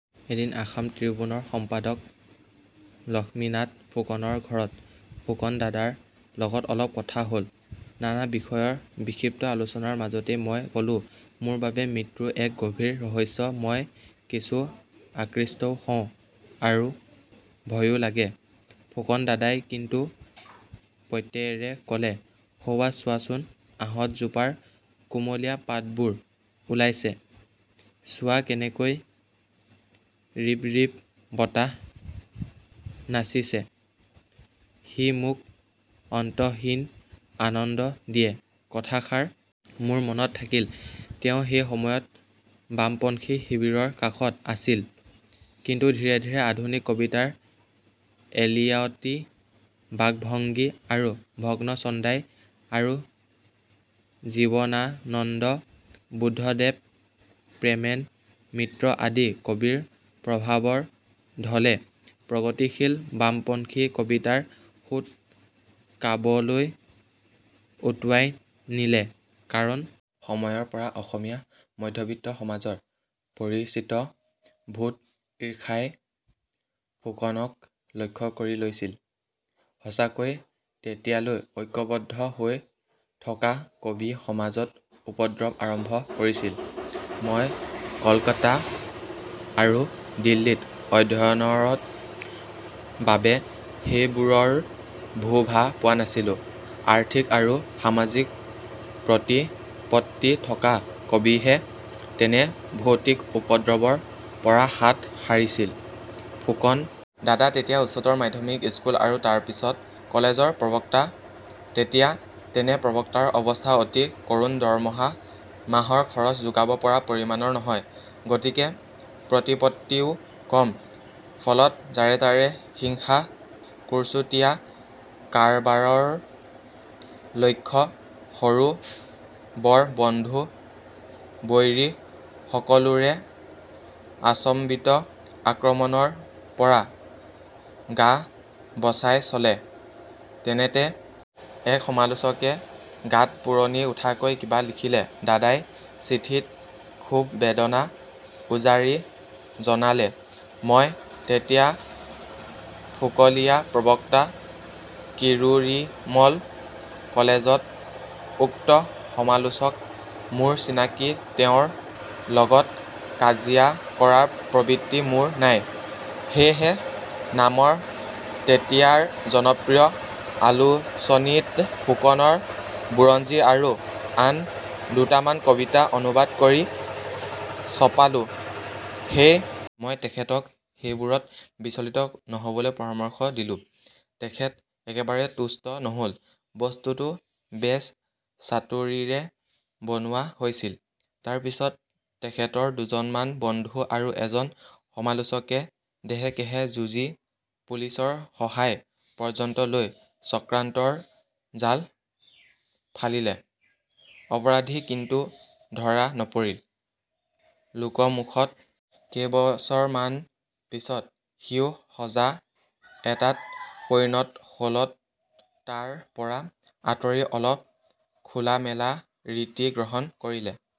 এদিন আসাম ত্ৰিবিউনৰ সম্পাদক লক্ষীনাথ ফুকনৰ ঘৰত ফুকন দাদাৰ লগত অলপ কথা হ'ল। নানা বিষয়ৰ বিক্ষিপ্ত আলোচনাৰ মাজতে মই ক'লোঁ মোৰ বাবে মৃত্যু এক গভীৰ ৰহস্য মই কিছু আকৃষ্টও হওঁ আৰু ভয়ো লাগে। ফুকন দাদাই কিন্তু প্ৰত্যয়েৰে ক'লে সৌৱা চোৱাচোন আহঁত জোপাৰ কুমলিয়া পাতবোৰ ওলাইছে, চোৱা কেনেকৈ ৰিবৰিব বতাহ নাচিছে, সি মোক অন্তহীন আনন্দ দিয়ে। কথাষাৰ মোৰ মনত থাকিল; তেওঁ সেই সময়ত বামপন্থী শিবিৰৰ কাষত আছিল। কিন্তু ধীৰে ধীৰে আধুনিক কবিতাৰ এলিয়টী বাকভংগী আৰু ভগ্ন ছন্দাই আৰু জীৱনানন্দ বুদ্ধদেৱ প্ৰেমেন মিত্ৰ আদি কবিৰ প্ৰভাৱৰ ধলে প্ৰগতিশীল বামপন্থী কবিতাৰ সোঁত কাবলৈ উটুৱাই নিলে ।কাৰণ সময়ৰ পৰা অসমীয়া মধ্যবিত্ত সমাজৰ পৰিচিত ভূত ইৰ্ষাই ফুকনক লক্ষ্য কৰি লৈছিল। সঁচাকৈ তেতিয়ালৈ ঐক্যৱদ্ধ হৈ থকা কবি সমাজত উপদ্ৰৱ আৰম্ভ কৰিছিল। মই কলকতা আৰু দিল্লীত অধ্যয়নৰত বাবে সেইবোৰৰ ভূ-ভা পোৱা নাছিলোঁ। আৰ্থিক আৰু সামাজিক প্ৰতিপত্তি থকা কবিহে তেনে ভৌতিক উপদ্ৰৱৰ পৰা হাত সাৰিছিল। ফুকন দাদা তেতিয়া উচ্চতৰ মাধ্যমিক স্কুল আৰু তাৰ পিছত কলেজৰ প্ৰৱক্তা। তেতিয়া তেনে প্ৰৱক্তাৰ অৱস্থা অতি কৰুণ দৰমহা মাহৰ খৰচ যোগাব পৰা পৰিমাণৰ নহয়। গতিকে প্ৰতিপত্তিও কম, ফলত যাৰে তাৰে হিংসা কুৰ্চুটিয়া কাৰবাৰৰ লক্ষ্য, সৰু বৰ বন্ধু বৈৰী সকলোৰে আচম্বিত আক্ৰমণৰ পৰা গাবচাই চলে। তেনেতে এক সমালোচকে গাত পোৰণি উঠাকৈ কিবা লিখিলে। দাদাই চিঠিত ক্ষোভ-বেদনা উজাৰি জনালে, মই তেতিয়া ফুকলিয়া প্ৰৱক্তা কিৰোৰিমল কলেজত উক্ত সমালোচক মোৰ চিনাকী তেওঁৰ লগত কাজিয়া কৰাৰ প্ৰবৃত্তি মোৰ নাই। সেয়েহে নামৰ তেতিয়াৰ জনপ্ৰিয় আলোচনীত ফুকনৰ বুৰঞ্জী আৰু আন দুটামান কবিতা অনুবাদ কৰি ছপালোঁ। সেই মই তেখেতক সেইবোৰত বিচলিত নহ'বলৈ পৰামৰ্শ দিলোঁ। তেখেত একেবাৰে তুষ্ট নহ'ল, বস্তুটো বেছ চাতুৰিৰে বনোৱা হৈছিল। তাৰ পিছত তেখেতৰ দুজনমান বন্ধু আৰু এজন সমালোচকে দেহে-কেহে যুঁজি পুলিচৰ সহায় পৰ্যন্ত লৈ চক্ৰান্তৰ জাল ফালিলে। অপৰাধী কিন্তু ধৰা নপৰিল। লোকমুখত কেইবছৰমান পিছত সিও সঁজা এটাত পৰিণত হ'লত তাৰ পৰা আঁতৰি অলপ খোলা-মেলা ৰীতি গ্ৰহণ কৰিলে।